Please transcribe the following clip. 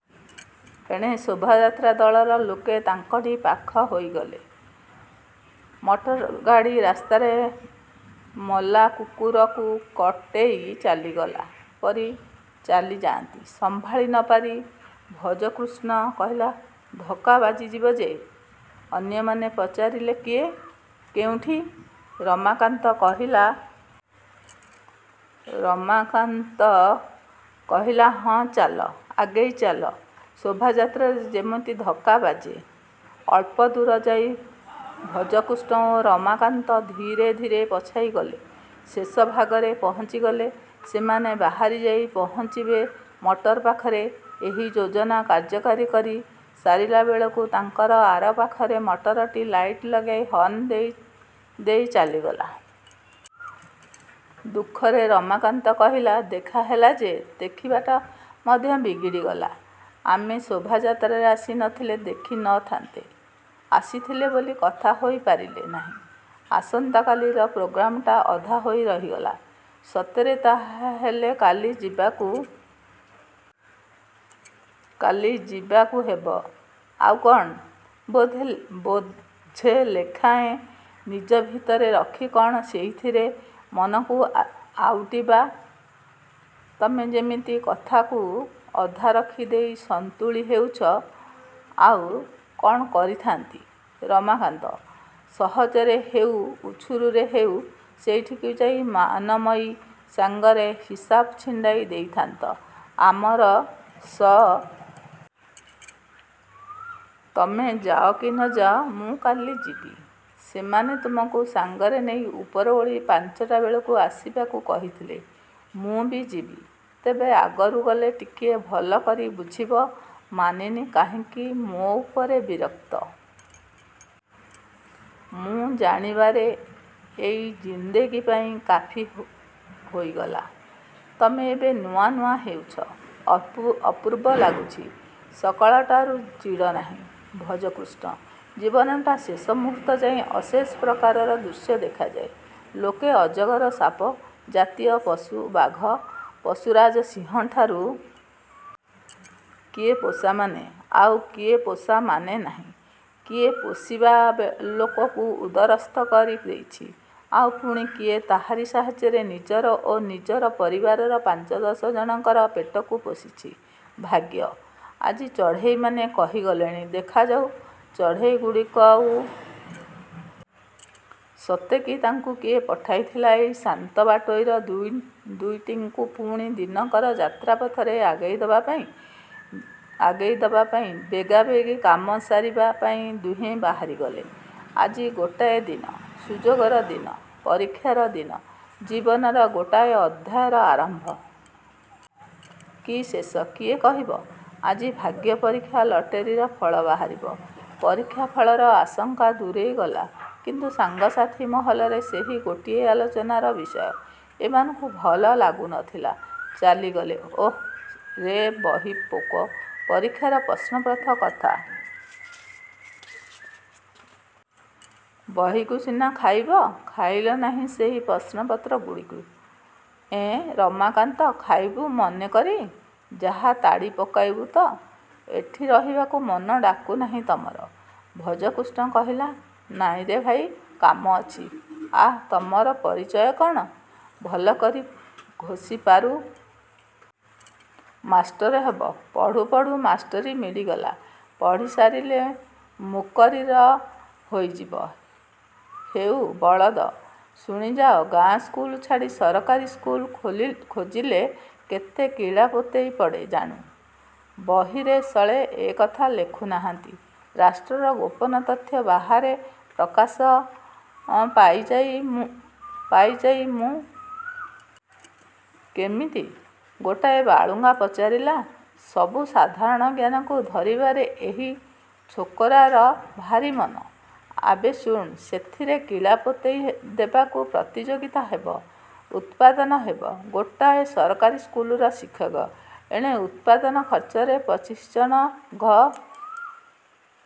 ଏଣେ ଶୋଭାଯାତ୍ରା ଦଳର ଲୋକେ ତାଙ୍କରି ପାଖ ହେଇଗଲେ। -ମଟର ଗାଡ଼ି ରାସ୍ତାରେ ମଲା କୁକୁରକୁ କଟେଇ ଚାଲିଗଲା ପରି-ଚାଲି ଯାଉଥାନ୍ତି। ସମ୍ଭାଳି ନ ପାରି ଭଜକୃଷ୍ଣ କହିଲା-ଧକ୍କା ବାଜିଯିବ ଯେ ଅନ୍ୟମାନେ ପଚାରିଲେ-କିଏ? କେଉଁଠି? ରମାକାନ୍ତ କହିଲା-ହଁ, ଚାଲ, ଆଗେଇ ଚାଲ। ଶୋଭାଯାତ୍ରାରେ ସେମିତି ଧକ୍କା ବାଜେ। ଅଳ୍ପଦୂର ଯାଇ ଭଜକୃଷ୍ଣ ଓ ରମାକାନ୍ତ ଧୀରେ ଧୀରେ ପଛାଇ ଗଲେ। ଶେଷଭାଗରେ ପହଞ୍ଚିଗଲେ ସେମାନେ ବାହାରି ଯାଇ ପହଞ୍ଚିବେ ମଟର ପାଖରେ। ଏହି ଯୋଜନା କାର୍ଯ୍ୟକାରୀ କରି ସାରିଲା ବେଳକୁ ତାଙ୍କର ଆର ପାଖରେ ମଟରଟି ଲାଇଟ ଲଗାଇ ହର୍ଣ୍ଣ ଦେଇ ଦେଇ ଚାଲିଗଲା। ଦୁଃଖରେ ରମାକାନ୍ତ କହିଲା-ଦେଖା ହେଲା ଯେ ଦେଖିବାଟା ମଧ୍ୟ ବିଗିଡ଼ିଗଲା ଆମେ ଶୋଭାଯାତ୍ରାରେ ଆସି ନ ଥିଲେ ଦେଖି ନ ଥାନ୍ତେ-ଆସିଥିଲେ ବୋଲି କଥା ହେଇ ପାରିଲେ ନାହିଁ-ଆସନ୍ତା କାଲିର ପ୍ରୋଗ୍ରାମଟା ଅଧା ହେଇ ରହିଗଲା। -ସତରେ ତା'ହେଲେ କାଲି ଯିବାକୁ ହେବ? -ଆଉ କ'ଣ? ବୋଝେ ଲେଖାଏଁ ନିଜ ଭିତରେ ରଖି କଣ ସେହିଥିରେ ମନକୁ ଆଉଟିବା? -ତମେ ଯେମିତି କଥାକୁ ଅଧା ରଖି ଦେଇ ସନ୍ତୁଳି ହେଉଛ। -ଆଉ କ'ଣ କରିଥାନ୍ତି? -ରମାକାନ୍ତ? -ସହଜରେ ହେଉ ଉଛୁରରେ ହେଉ ସେଠିକି ଯାଇ ମାନମୟୀ ସାଙ୍ଗରେ ହିସାବ ଛିଣ୍ଡାଇ ଦେଇଥାନ୍ତ। ଆମର ସବୁ ଦୁଃଖ ଏହି ହିସାବନିକାଶର ବିଳମ୍ବ ପାଇଁ ଆରମ୍ଭ ହୁଏ। ତମେ ଯାଅ କି ନ ଯାଅ ମୁଁ କାଲି ଯିବି। ସେମାନେ ତୁମକୁ ସାଙ୍ଗରେ ନେଇ ଉପର ଓଳି ପାଞ୍ଚଟା ବେଳକୁ ଆସିବାକୁ କହିଥିଲେ। -ମୁଁ ବି ଯିବି। -ତେବେ ଆଗରୁ ଗଲେ ଟିକିଏ ଭଲ କରି ବୁଝିବ ମାନିନୀ କାହିଁକି ମୋ' ଉପରେ ବିରକ୍ତ? -ମୁଁ ଜାଣିବାରେ। ଏଇ ଜିନ୍ଦଗୀ ପାଇଁ କାଫି ହୋଇଗଲା। ତମେ ଏବେ ନୂଆ ନୂଆ ହେଉଛ। ଅପୂର୍ବ ଲାଗୁଛି। -ସକାଳଟାରୁ ଚିଡ଼ ନାହିଁ ଭଜକୃଷ୍ଣ। ଜୀବନଟା ଶେଷ ମୁହୂର୍ତ୍ତଯାଏ ଅଶେଷ ପ୍ରକାରର ଦୃଶ୍ୟ ଦେଖାଏ। ଲୋକେ ଅଜଗର ସାପ, ଜାତୀୟ ପଶୁ ବାଘ, ପଶୁରାଜ ସିଂହଠାରୁ ଆରମ୍ଭ କରି ଓଧ, କୋଳି ଶିଆାଳିଙ୍କୁ ପୋଷନ୍ତି। କିଏ ପୋଷାମାନେ। ଆଉ କିଏ ପୋଷାମାନେ ନାହିଁ। କିଏ ପୋଷିବା ଲୋକକୁ ଉଦରସ୍ଥ କରି ଦେଇଛି। ଆଉ ପୁଣି କିଏ ତାହାରି ସାହାଯ୍ୟରେ ନିଜର ଓ ନିଜର ପରିବାରର ପାଞ୍ଚ ଦଶ ଜଣଙ୍କର ପେଟକୁ ପୋଷିଛି। ଭାଗ୍ୟ। -ଆଜି ଚଢ଼େଇମାନେ କହି ଗଲେଣି। ଦେଖାଯାଉ। ଚଢ଼େଇ ଗୁଡ଼ିକ ଉଡ଼ିଗଲେଣି। ସତେ କି ତାଙ୍କୁ କିଏ ପଠାଇ ଥିଲା ଏହି ଶ୍ରାନ୍ତ ବାଟୋଇ ଦୁଇଟିଙ୍କୁ ପୁଣି ଦିନକର ଯାତ୍ରାପଥରେ ଆଗେଇ ଦବାପାଇଁ। ବେଗାବେଗି କାମ ସାରିବା ପାଇଁ ଦିହେଁ ବାହାରି ଗଲେ- ଆଜି ଗୋଟାଏ ଦିନ। ସୁଯୋଗର ଦିନ। ପରୀକ୍ଷାର ଦିନ। ଜୀବନର ଗୋଟାଏ ଅଧ୍ୟାୟର ଆରମ୍ଭ? -କି ଶେଷ? କିଏ କହିବ? ଆଜି ଭାଗ୍ୟ ପରୀକ୍ଷା ଲଟେରୀର ଫଳ ବାହାରିବ। ପରୀକ୍ଷା ଫଳର ଆଶଙ୍କା ଦୂରେଇ ଗଲା। କିନ୍ତୁ ସାଙ୍ଗସାଥି ମହଲରେ ସେହି ଗୋଟିଏ ଆଲୋଚନାର ବିଷୟ। ଏମାନଙ୍କୁ ଭଲ ଲାଗୁ ନ ଥିଲା। ଚାଲିଗଲେ। -ଓଃ ରେ ବହି-ପୋକ। ପରୀକ୍ଷାର ପ୍ରଶ୍ନପତ୍ର କଥା ଭାବିବ କାହିଁକି? ବହିକୁ ସିନା ଖାଇବ। ଖାଇଲ ନାହିଁ ସେହି ପ୍ରଶ୍ନପତ୍ର ଗୁଡ଼ିକୁ? -ଏଁ, ରମାକାନ୍ତ-ଖାଇବୁ ମନେ କରି। ଯାହା ତାଡ଼ି ପକାଇବୁ ତ। ଏଠି ରହିବାକୁ ମନ ଡାକୁ ନାହିଁ ତମର। ଭଜକୃଷ୍ଣ କହିଲା-ନାଇରେ ଭାଇ କାମ ଅଛି। -ଆଃ, ତମର ପରବାୟ କ'ଣ? ଭଲକରି ଘୋଷି ପାରୁଛ। ମାଷ୍ଟର ହେବ। ପଢ଼ୁ ପଢ଼ୁ ମାଷ୍ଟରି ମିଳିଗଲା। ପଢ଼ି ସାରିଲେ ମୁକରିର ହୋଇଯିବ। ହେଇ ବଳଦ, ଶୁଣିଯାଅ-ଗାଁ ସ୍କୁଲ ଛାଡ଼ି ସରକାରୀ ସ୍କୁଲ ଖୋଜିଲେ କେତେ କିଳାପୋତେଇ ପଡ଼େ ଜାଣୁ? ବହିରେ ଶଳେ ଏକଥା ଲେଖୁ ନାହାଁନ୍ତି ରାଷ୍ଟ୍ରର ଗୋପନ ତଥ୍ୟ ବାହାରେ ପ୍ରକାଶ ପାଇଯାଇ ମୁଦ୍ରାସ୍ଫୀତି ଆଣିବ ବୋଲି। -କେମିତି? ଗୋଟାଏ ବାଳୁଙ୍ଗା ପଚାରିଲା। -ସବୁ ସାଧାରଣ ଜ୍ଞାନକୁ ଧରିବାରେ ଏହି ଛୋକରାର ଭାରି ମନ। ଆବେ ଶୁଣ-ସେଥିରେ କିଳାପୋତେଇ ଦେବାକୁ ପ୍ରତିଯୋଗିତା ହେବ। ଉତ୍ପାଦନ ହେବ ଗୋଟାଏ ସରକାରୀ ସ୍କୁଲର ଶିକ୍ଷକ-ଏଣେ ଉତ୍ପାଦନ ଖର୍ଚ୍ଚରେ ପଚିଶଜଣ ଘରେ ରାବିଡ଼ି ଖାଇବେ ଓ ପୁଅ ମାଇପଙ୍କୁ ସନ୍ଦେସ, ବରଫ ଖୁଆଇବେ।